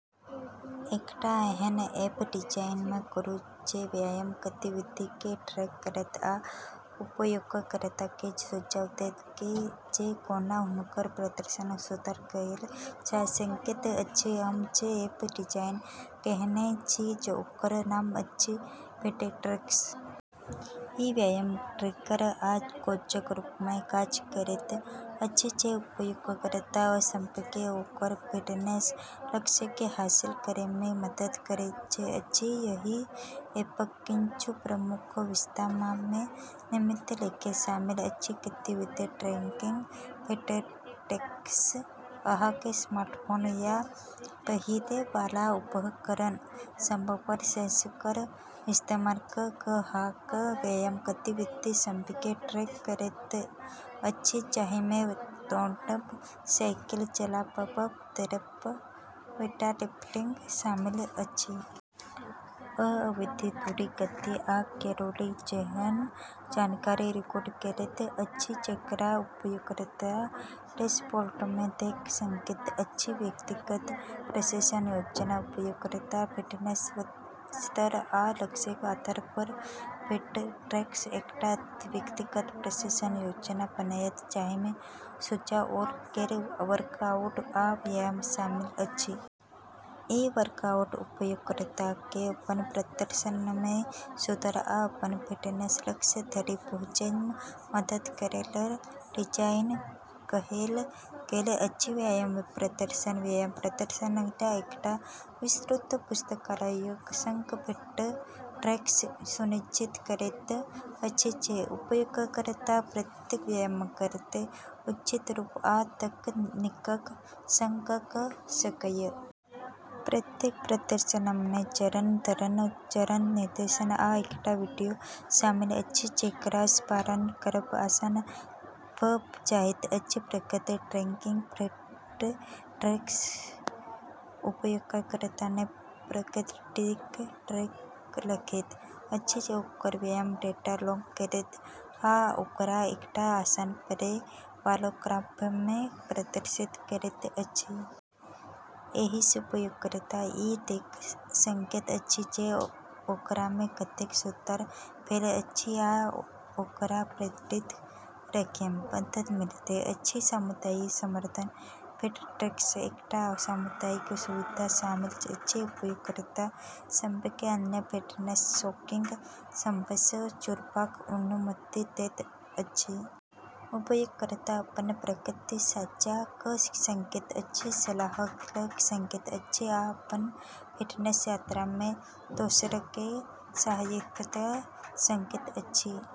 एकटा एहन app design करू जे व्यायाम गतिविधि केँ ट्रैक करत आ उपयोगकर्ताकेँ सुझाव देत जे कोना हुनकर प्रदर्शनमे सुधार कएल जा सकैत अछि। हम जे ऐप डिजाइन कएने छी ओकर नाम अछि "फिटट्रैक्स"। ई व्यायाम ट्रैकर आ कोचक रूपमे काज करैत अछि जे उपयोगकर्ता सभकेँ ओकर फिटनेस लक्ष्यकेँ हासिल करैमे मदद करैत अछि। एहि ऐपक किछु प्रमुख विशेषतामे निम्नलिखित शामिल अछि: गतिविधि ट्रैकिंग: फिटट्रैक्स अहाँक स्मार्टफोन या पहिरै वाला उपकरण सभपर सेंसरक इस्तेमाल कऽ कऽ अहाँक व्यायाम गतिविधि सभकेँ ट्रैक करैत अछि, जाहिमे दौड़ब, साइकिल चलाबब, तैरब, आ वेटलिफ्टिंग शामिल अछि। ई अवधि, दूरी, गति, आ कैलोरी जेहन जानकारी रिकॉर्ड करैत अछि, जेकरा उपयोगकर्ता डैशबोर्डमे देख सकैत अछि। व्यक्तिगत प्रशिक्षण योजना: उपयोगकर्ताक फिटनेस स्तर आ लक्ष्यक आधारपर फिटट्रैक्स एकटा व्यक्तिगत प्रशिक्षण योजना बनायत जाहिमे सुझाओल गेल वर्कआउट आ व्यायाम शामिल अछि। ई वर्कआउट उपयोगकर्ताकेँ अपन प्रदर्शनमे सुधार आ अपन फिटनेस लक्ष्य धरि पहुँचैमे मदद करैलेल डिजाइन कएल गेल अछि। व्यायाम प्रदर्शन: व्यायाम प्रदर्शनक एकटा विस्तृत पुस्तकालयक संग, फिटट्रैक्स सुनिश्चित करैत अछि जे उपयोगकर्ता प्रत्येक व्यायामकेँ उचित रूप आ तकनीकक संग कऽ सकय। प्रत्येक प्रदर्शनमे चरण-दर-चरण निर्देश आ एकटा वीडियो शामिल अछि, जेकरासँ पालन करब आसान भऽ जाइत अछि। प्रगति ट्रैकिंग: फिटट्रैक्स उपयोगकर्ताक प्रगतिकेँ ट्रैक रखैत अछि, ओकर व्यायाम डेटा लॉग करैत आ ओकरा एकटा आसान-पढ़ै वाला ग्राफमे प्रदर्शित करैत अछि। एहिसँ उपयोगकर्ता ई देख सकैत अछि जे ओकरामे कतेक सुधार भेल अछि आ ओकरा प्रेरित रखैमे मदद मिलैत अछि। सामुदायिक समर्थन: फिटट्रैक्समे एकटा सामुदायिक सुविधा शामिल अछि जे उपयोगकर्ता सभकेँ अन्य फिटनेस शौकीन सभसँ जुड़बाक अनुमति दैत अछि। उपयोगकर्ता अपन प्रगति साझा कऽ सकैत अछि, सलाह लऽ सकैत अछि, आ अपन फिटनेस यात्रामे दोसरकेँ सहायता दऽ सकैत अछि।